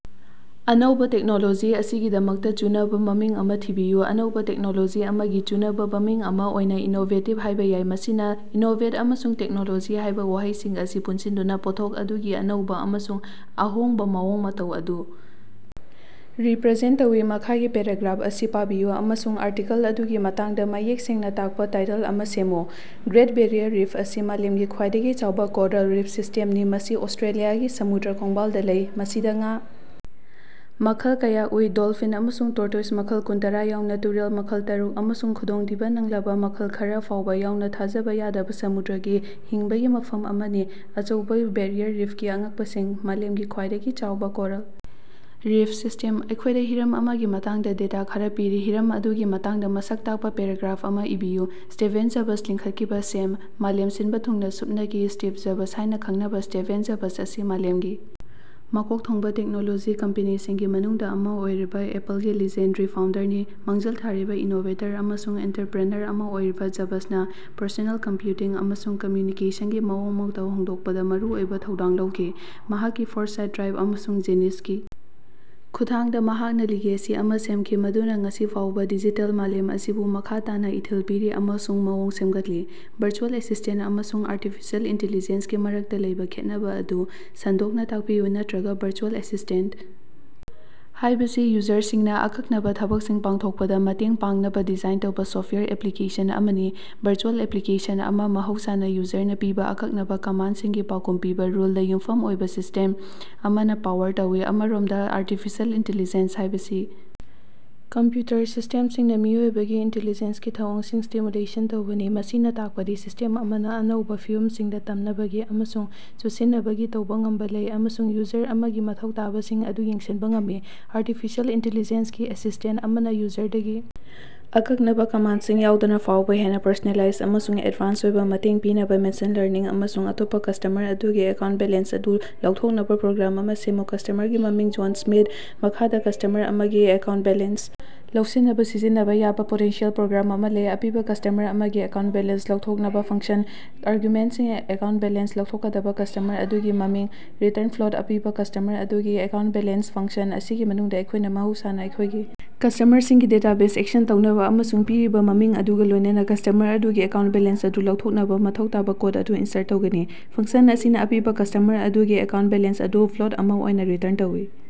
ꯑꯅꯧꯕ ꯇꯦꯛꯅꯣꯂꯣꯖꯤ ꯑꯁꯤꯒꯤꯗꯃꯛꯇ ꯆꯨꯅꯕ ꯃꯃꯤꯡ ꯑꯃ ꯊꯤꯕꯤꯌꯨ꯫ ꯑꯅꯧꯕ ꯇꯦꯛꯅꯣꯂꯣꯖꯤ ꯑꯃꯒꯤ ꯆꯨꯅꯕ ꯃꯃꯤꯡ ꯑꯃ ꯑꯣꯏꯅ "ꯏꯅꯣꯚꯦꯇꯦꯛ" ꯍꯥꯏꯕ ꯌꯥꯏ ꯃꯁꯤꯅ "ꯏꯅꯣꯚꯦꯠ" ꯑꯃꯁꯨꯡ "ꯇꯦꯛꯅꯣꯂꯣꯖꯤ" ꯍꯥꯏꯕ ꯋꯥꯍꯩꯁꯤꯡ ꯑꯁꯤ ꯄꯨꯟꯁꯤꯟꯗꯨꯅ ꯄꯣꯠꯊꯣꯛ ꯑꯗꯨꯒꯤ ꯑꯅꯧꯕ ꯑꯃꯁꯨꯡ ꯑꯍꯣꯡꯕ ꯃꯑꯣꯡ ꯃꯇꯧ ꯑꯗꯨ ꯔꯤꯄ꯭ꯔꯖꯦꯟꯇ ꯇꯧꯏ꯫ ꯃꯈꯥꯒꯤ ꯄꯦꯔꯥꯒ꯭ꯔꯥꯐ ꯑꯁꯤ ꯄꯥꯕꯤꯌꯨ ꯑꯃꯁꯨꯡ ꯑꯥꯔꯇꯤꯀꯜ ꯑꯗꯨꯒꯤ ꯃꯇꯥꯡꯗ ꯃꯌꯦꯛ ꯁꯦꯡꯅ ꯇꯥꯛꯄ ꯇꯥꯏꯇꯜ ꯑꯃ ꯁꯦꯝꯃꯨ꯫ ꯒ꯭ꯔꯦꯠ ꯕꯦꯔꯤꯌꯥꯔ ꯔꯤꯐ ꯑꯁꯤ ꯃꯥꯂꯦꯝꯒꯤ ꯈ꯭ꯋꯥꯏꯗꯒꯤ ꯆꯥꯎꯕ ꯀꯣꯔꯜ ꯔꯤꯐ ꯁꯤꯁꯇꯦꯝꯅꯤ, ꯃꯁꯤ ꯑꯣꯁꯇ꯭ꯔꯦꯂꯤꯌꯥꯒꯤ ꯁꯃꯨꯗ꯭ꯔ ꯈꯣꯡꯕꯥꯜꯗ ꯂꯩ꯫ ꯃꯁꯤꯗ ꯉꯥ ꯃꯈꯜ ꯀꯌꯥ ꯎꯏ, ꯗꯣꯜꯐꯤꯟ ꯑꯃꯁꯨꯡ ꯇꯣꯔꯇꯣꯏꯖ ꯃꯈꯜ ꯀꯨꯟꯇꯔꯥ ꯌꯥꯎꯅ ꯇꯨꯔꯦꯜ ꯃꯈꯜ ꯇꯔꯨꯛ ꯑꯃꯁꯨꯡ ꯈꯨꯗꯣꯡꯊꯤꯕ ꯅꯪꯂꯕ ꯃꯈꯜ ꯈꯔ ꯐꯥꯎꯕ ꯌꯥꯎꯅ ꯊꯥꯖꯕ ꯌꯥꯗꯕ ꯁꯃꯨꯗ꯭ꯔꯒꯤ ꯍꯤꯡꯕꯒꯤ ꯃꯐꯝ ꯑꯃꯅꯤ꯫ ꯑꯆꯧꯕ ꯕꯦꯔꯤꯌꯥꯔ ꯔꯤꯐꯀꯤ ꯑꯉꯛꯄꯁꯤꯡ: ꯃꯥꯂꯦꯝꯒꯤ ꯈ꯭ꯋꯥꯏꯗꯒꯤ ꯆꯥꯎꯕ ꯀꯣꯔꯜ ꯔꯤꯐ ꯁꯤꯁꯇꯦꯝ꯫ ꯑꯩꯈꯣꯏꯗ ꯍꯤꯔꯝ ꯑꯃꯒꯤ ꯃꯇꯥꯡꯗ ꯗꯦꯇꯥ ꯈꯔ ꯄꯤꯔꯤ꯫ ꯍꯤꯔꯝ ꯑꯗꯨꯒꯤ ꯃꯇꯥꯡꯗ ꯃꯁꯛ ꯇꯥꯛꯄ ꯄꯦꯔꯥꯒ꯭ꯔꯥꯐ ꯑꯃ ꯏꯕꯤꯌꯨ꯫ ꯁ꯭ꯇꯦꯚꯦꯟ ꯖꯕꯁ ꯂꯤꯡꯈꯠꯈꯤꯕ ꯁꯦꯝ ꯃꯥꯂꯦꯝ ꯁꯤꯟꯕ ꯊꯨꯡꯅ ꯁꯨꯞꯅꯇꯒꯤ ꯁ꯭ꯇꯤꯚ ꯖꯕꯁ ꯍꯥꯏꯅ ꯈꯪꯅꯕ ꯁ꯭ꯇꯦꯚꯦꯟ ꯖꯕꯁ ꯑꯁꯤ ꯃꯥꯂꯦꯝꯒꯤ ꯃꯀꯣꯛ ꯊꯣꯡꯕ ꯇꯦꯛꯅꯣꯂꯣꯖꯤ ꯀꯝꯄꯦꯅꯤꯁꯤꯡꯒꯤ ꯃꯅꯨꯡꯗ ꯑꯃ ꯑꯣꯏꯔꯤꯕ ꯑꯦꯄꯜꯒꯤ ꯂꯤꯖꯦꯟꯗꯥꯔꯤ ꯐꯥꯎꯟꯗꯔꯅꯤ꯫ ꯃꯥꯡꯖꯤꯜ ꯊꯥꯔꯤꯕ ꯏꯅꯣꯚꯦꯇꯔ ꯑꯃꯁꯨꯡ ꯑꯣꯟꯇ꯭ꯔꯨꯄ꯭ꯔꯤꯅꯔ ꯑꯃ ꯑꯣꯏꯔꯤꯕ ꯖꯕꯁꯅ ꯄꯔꯁꯣꯅꯦꯜ ꯀꯝꯄ꯭ꯌꯨꯇꯤꯡ ꯑꯃꯁꯨꯡ ꯀꯝꯃ꯭ꯌꯨꯅꯤꯀꯦꯁꯟꯒꯤ ꯃꯑꯣꯡ ꯃꯇꯧ ꯍꯣꯡꯗꯣꯛꯄꯗ ꯃꯔꯨꯑꯣꯏꯕ ꯊꯧꯗꯥꯡ ꯂꯧꯈꯤ꯫ ꯃꯍꯥꯛꯀꯤ ꯐꯣꯔꯁꯥꯏꯠ, ꯗ꯭ꯔꯥꯏꯕ ꯑꯃꯁꯨꯡ ꯖꯤꯅꯤꯁꯀꯤ ꯈꯨꯠꯊꯥꯡꯗ ꯃꯍꯥꯛꯅ ꯂꯤꯒꯦꯁꯤ ꯑꯃ ꯁꯦꯝꯈꯤ ꯃꯗꯨꯅ ꯉꯁꯤ ꯐꯥꯎꯕ ꯗꯤꯖꯤꯇꯦꯜ ꯃꯥꯂꯦꯝ ꯑꯁꯤꯕꯨ ꯃꯈꯥ ꯇꯥꯅ ꯏꯊꯤꯜ ꯄꯤꯔꯤ ꯑꯃꯁꯨꯡ ꯃꯑꯣꯡ ꯁꯦꯝꯒꯠꯂꯤ꯫ ꯚꯔꯆꯨꯑꯦꯜ ꯑꯦꯁꯤꯁꯇꯦꯟꯇ ꯑꯃꯁꯨꯡ ꯑꯥꯔꯇꯤꯐꯤꯁꯤꯑꯦꯜ ꯏꯟꯇꯦꯂꯤꯖꯦꯟꯁ ꯒꯤ ꯃꯔꯛꯇ ꯂꯩꯕ ꯈꯦꯠꯅꯕ ꯑꯗꯨ ꯁꯟꯗꯣꯛꯅ ꯇꯥꯛꯄꯤꯌꯨ ꯅꯠꯇ꯭ꯔꯒ ꯚꯔꯆꯨꯑꯦꯜ ꯑꯦꯁꯤꯁꯇꯦꯟꯇ ꯍꯥꯏꯕꯁꯤ ꯌꯨꯖꯔꯁꯤꯡꯅ ꯑꯀꯛꯅꯕ ꯊꯕꯛꯁꯤꯡ ꯄꯥꯡꯊꯣꯛꯄꯗ ꯃꯇꯦꯡ ꯄꯥꯡꯅꯕ ꯗꯤꯖꯥꯏꯟ ꯇꯧꯕ ꯁꯣꯐꯇꯋꯥꯌꯔ ꯑꯦꯄ꯭ꯂꯤꯀꯦꯁꯟ ꯑꯃꯅꯤ꯫ ꯚꯔꯆꯨꯑꯦꯜ ꯑꯦꯁꯤꯁꯇꯦꯟꯇ ꯑꯃ ꯃꯍꯧꯁꯥꯅ ꯌꯨꯖꯔꯅ ꯄꯤꯕ ꯑꯀꯛꯅꯕ ꯀꯃꯥꯟꯗꯁꯤꯡꯒꯤ ꯄꯥꯎꯈꯨꯝ ꯄꯤꯕ ꯔꯨꯜꯗ ꯌꯨꯝꯐꯝ ꯑꯣꯏꯕ ꯁꯤꯁꯇꯦꯝ ꯑꯃꯅ ꯄꯥꯋꯔ ꯇꯧꯏ꯫ ꯑꯃꯔꯣꯝꯗ ꯑꯥꯔꯇꯤꯐꯤꯁꯤꯑꯦꯜ ꯏꯟꯇꯤꯂꯤꯖꯦꯟꯁ ꯍꯥꯏꯕꯁꯤ ꯀꯝꯄ꯭ꯌꯨꯇꯔ ꯁꯤꯁꯇꯦꯝꯁꯤꯡꯅ ꯃꯤꯑꯣꯏꯕꯒꯤ ꯏꯟꯇꯦꯂꯤꯖꯦꯟꯁꯀꯤ ꯊꯧꯑꯣꯡꯁꯤꯡ ꯁ꯭ꯇꯤꯃꯨꯂꯦꯁꯟ ꯇꯧꯕꯅꯤ꯫ ꯃꯁꯤꯅ ꯇꯥꯛꯄꯗꯤ ꯁꯤꯁꯇꯦꯝ ꯑꯃꯅ ꯑꯅꯧꯕ ꯐꯤꯚꯝꯁꯤꯡꯗ ꯇꯝꯅꯕꯒꯤ ꯑꯃꯁꯨꯡ ꯆꯨꯁꯤꯟꯅꯕꯒꯤ ꯇꯧꯕ ꯉꯝꯕ ꯂꯩ ꯑꯃꯁꯨꯡ ꯌꯨꯖꯔ ꯑꯃꯒꯤ ꯃꯊꯧ ꯇꯥꯕꯁꯤꯡ ꯑꯗꯨ ꯌꯦꯡꯁꯤꯟꯕ ꯉꯝꯃꯤ꯫ ꯑꯥꯔꯇꯤꯐꯤꯁꯤꯑꯦꯜ ꯏꯟꯇꯦꯂꯤꯖꯦꯟꯁ ꯒꯤ ꯑꯦꯁꯤꯁꯇꯦꯟꯇ ꯑꯃꯅ ꯌꯨꯖꯔꯗꯒꯤ ꯑꯀꯛꯅꯕ ꯀꯃꯥꯟꯗꯁꯤꯡ ꯌꯥꯎꯗꯅ ꯐꯥꯎꯕ ꯍꯦꯟꯅ ꯄꯔꯁꯣꯅꯦꯂꯥꯏꯖ ꯑꯃꯁꯨꯡ ꯑꯦꯗꯚꯥꯟꯁ ꯑꯣꯏꯕ ꯃꯇꯦꯡ ꯄꯤꯅꯕ ꯃꯦꯁꯤꯟ ꯂꯔꯅꯤꯡ ꯑꯃꯁꯨꯡ ꯑꯇꯣꯞꯄ ꯀꯁꯇꯃꯔ ꯑꯗꯨꯒꯤ ꯑꯦꯀꯥꯎꯟꯇ ꯕꯦꯂꯦꯟꯁ ꯑꯗꯨ ꯂꯧꯊꯣꯛꯅꯕ ꯄ꯭ꯔꯣꯒ꯭ꯔꯥꯝ ꯑꯃ ꯁꯦꯝꯃꯨ꯫ ꯀꯁꯇꯃꯔꯒꯤ ꯃꯃꯤꯡ: ꯖꯣꯟ ꯁ꯭ꯃꯤꯊ꯫ ꯃꯈꯥꯗ ꯀꯁꯇꯃꯔ ꯑꯃꯒꯤ ꯑꯦꯀꯥꯎꯟꯇ ꯕꯦꯂꯦꯟꯁ ꯂꯧꯁꯤꯟꯅꯕ ꯁꯤꯖꯤꯟꯅꯕ ꯌꯥꯕ ꯄꯣꯇꯦꯟꯁꯤꯑꯦꯜ ꯄ꯭ꯔꯣꯒ꯭ꯔꯥꯝ ꯑꯃ ꯂꯩ, ꯑꯄꯤꯕ ꯀꯁꯇꯃꯔ ꯑꯃꯒꯤ ꯑꯦꯀꯥꯎꯟꯇ ꯕꯦꯂꯦꯟꯁ ꯂꯧꯊꯣꯛꯅꯕ ꯐꯪꯁꯟ꯫ ꯑꯥꯔꯒꯨꯃꯦꯟꯇꯁꯤꯡ: ꯑꯦꯀꯥꯎꯟꯇ ꯕꯦꯂꯦꯟꯁ ꯂꯧꯊꯣꯛꯀꯗꯕ ꯀꯁꯇꯃꯔ ꯑꯗꯨꯒꯤ ꯃꯃꯤꯡ꯫ꯔꯤꯇꯔꯟ: ꯐ꯭ꯂꯣꯠ ꯑꯄꯤꯕ ꯀꯁꯇꯃꯔ ꯑꯗꯨꯒꯤ ꯑꯦꯀꯥꯎꯟꯇ ꯕꯦꯂꯦꯟꯁ ꯐꯪꯁꯟ ꯑꯁꯤꯒꯤ ꯃꯅꯨꯡꯗ, ꯑꯩꯈꯣꯏꯅ ꯃꯍꯧꯁꯥꯅ ꯑꯩꯈꯣꯏꯒꯤ ꯀꯁꯇꯃꯔꯁꯤꯡꯒꯤ ꯗꯦꯇꯥꯕꯦꯖꯗ ꯑꯦꯛꯁꯦꯁ ꯇꯧꯅꯕ ꯑꯃꯁꯨꯡ ꯄꯤꯔꯤꯕ ꯃꯃꯤꯡ ꯑꯗꯨꯒ ꯂꯣꯏꯅꯅ ꯀꯁꯇꯃꯔ ꯑꯗꯨꯒꯤ ꯑꯦꯀꯥꯎꯟꯇ ꯕꯦꯂꯦꯟꯁ ꯑꯗꯨ ꯂꯧꯊꯣꯛꯅꯕ ꯃꯊꯧ ꯇꯥꯕ ꯀꯣꯗ ꯑꯗꯨ ꯏꯟꯁꯔꯠ ꯇꯧꯒꯅꯤ꯫ ꯐꯪꯁꯟ ꯑꯁꯤꯅ ꯑꯄꯤꯕ ꯀꯁꯇꯃꯔ ꯑꯗꯨꯒꯤ ꯑꯦꯀꯥꯎꯟꯇ ꯕꯦꯂꯦꯟꯁ ꯑꯗꯨ ꯐ꯭ꯂꯣꯠ ꯑꯃ ꯑꯣꯏꯅ ꯔꯤꯇꯔꯟ ꯇꯧꯏ꯫